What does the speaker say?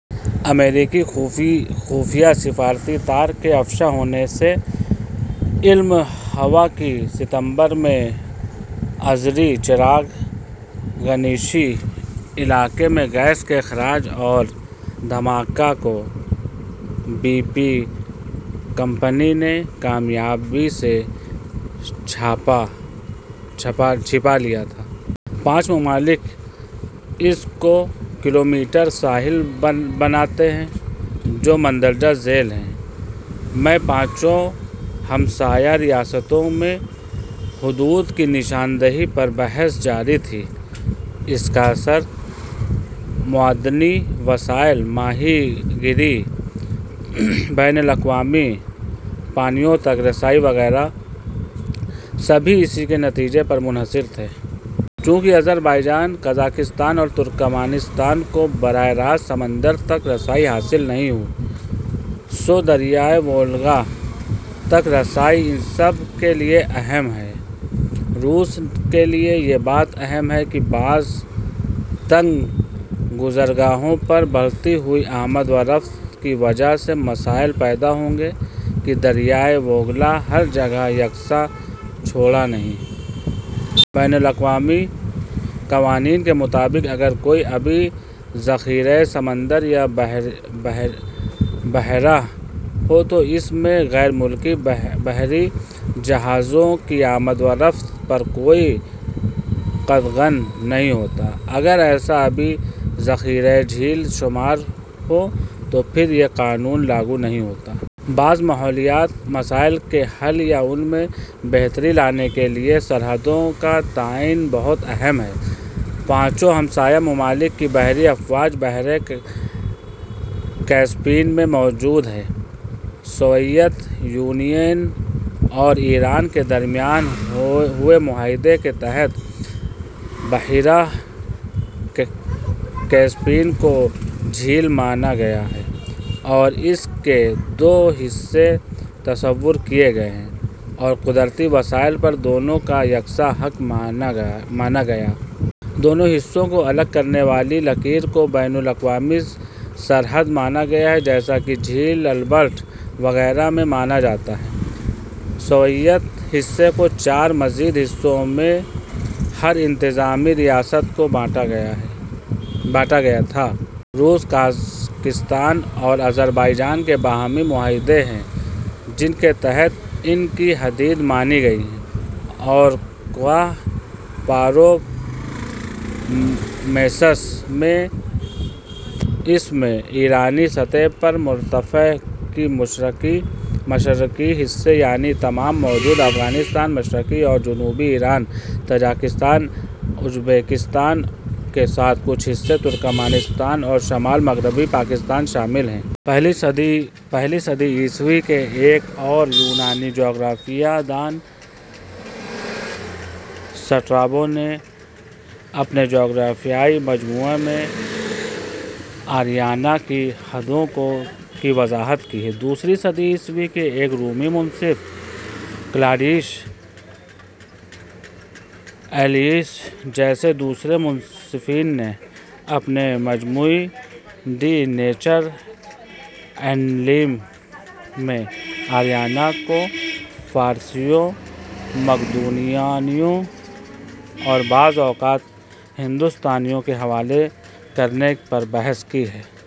امریکی خفیہ سفارتی تار کے افشا ہونے سے علم ہوا کہ ستمبر میں آذری چراغ گنیشی علاقے میں گیس کے اخراج اور دھماکے کو بی پی کمپنی نے کامیابی سے چھپا لیا تھا۔ پانچ ممالک اس کے ، کلومیٹر ساحل بناتے ہیں جو مندرجہ ذیل ہیں: میں پانچوں ہمسائیہ ریاستوں میں حدود کی نشان دہی پر بحث جاری تھی۔ اس کا اثر معدنی وسائل ، ماہی گیری، بین الاقوامی پانیوں تک رسائی وغیرہ، سبھی اس کے نتیجے پر منحصر تھے۔ چونکہ آذربائیجان، قازقستان اور ترکمانستان کو براہ راست سمندر تک رسائی حاصل نہیں، سو دریائے وولگا تک رسائی ان سب کے لیے ا ہم ہے۔ روس کے لیے یہ بات اہم ہے کہ بعض تنگ گزرگاہوں پر بڑھتی ہوئی آمد و رفت کی وجہ سے مسائل پیدا ہوں گے کہ دریائے وولگا ہر جگہ یکساں چوڑا نہیں۔ بین الاقوامی قوانین کے مطابق اگر کوئی آبی ذخیرہ سمندر یا بحیرہ ہو تو اس میں غیر ملکی بحری جہازوں کی آمد و رفت پر کوئی قدغن نہیں ہوتی۔ اگر ایسا آبی ذخیرہ جھیل شمار ہو تو پھر یہ قانون لاگو نہیں ہوتا۔ بعض ماحولیاتی مسائل کے حل یا ان میں بہتری لانے کے لیے سرحدوں کا تعین بہت اہم ہے۔ پانچوں ہمسایہ ممالک کی بحری افواج بحیرہ کیسپیئن میں موجود ہیں۔ سوویت یونین اور ایران کے درمیان ہوئے معاہدے کے تحت بحیرہ کیسپیئن کو جھیل مانا گیا ہے اور اس کے دو حصے تصور کیے گئے اور قدرتی وسائل پر دونوں کا یکساں حق مانا گیا۔ دونوں حصوں کو الگ کرنے والی لکیر کو بین الاقوامی سرحد مانا گیا جیسا کہ جھیل البرٹ وغیرہ میں مانا جاتا ہے۔ سوویت حصے کو چار مزید حصوں میں ہر انتظامی ریاست کو بانٹا گیا تھا۔ روس، قازقستان اور آذربائیجان کے باہمی معاہدے ہیں جن کے تحت ان کی حدیں مانی گئی ہیں۔ اور کوہ پاروپامیسس ۔ اس میں ایرانی سطح مرتفع کے مشرقی حصے، یعنی تمام موجودہ افغانستان ، مشرقی اور جنوبی ایران ، تاجکستان ، ازبکستان کے کچھ حصے، ترکمانستان اور شمال مغربی پاکستان شامل ہیں۔ پہلی صدی عیسوی کے ایک اور یونانی جغرافیہ دان سٹرابو نے اپنے جغرافیائی مجموعہ میں آریانا کی حدود کی وضاحت کی ہے۔ دوسری صدی عیسوی کے ایک رومی مصنف کلاڈیئس ایلیئنس جیسے دوسرے مصنفین نے اپنے مجموعہ "ڈی نیچرا اینیلیم" میں آریانا کو فارسیوں، مقدونیائیوں اور بعض اوقات ہندوستانیوں کے حوالے کرنے پر بحث کی ہے۔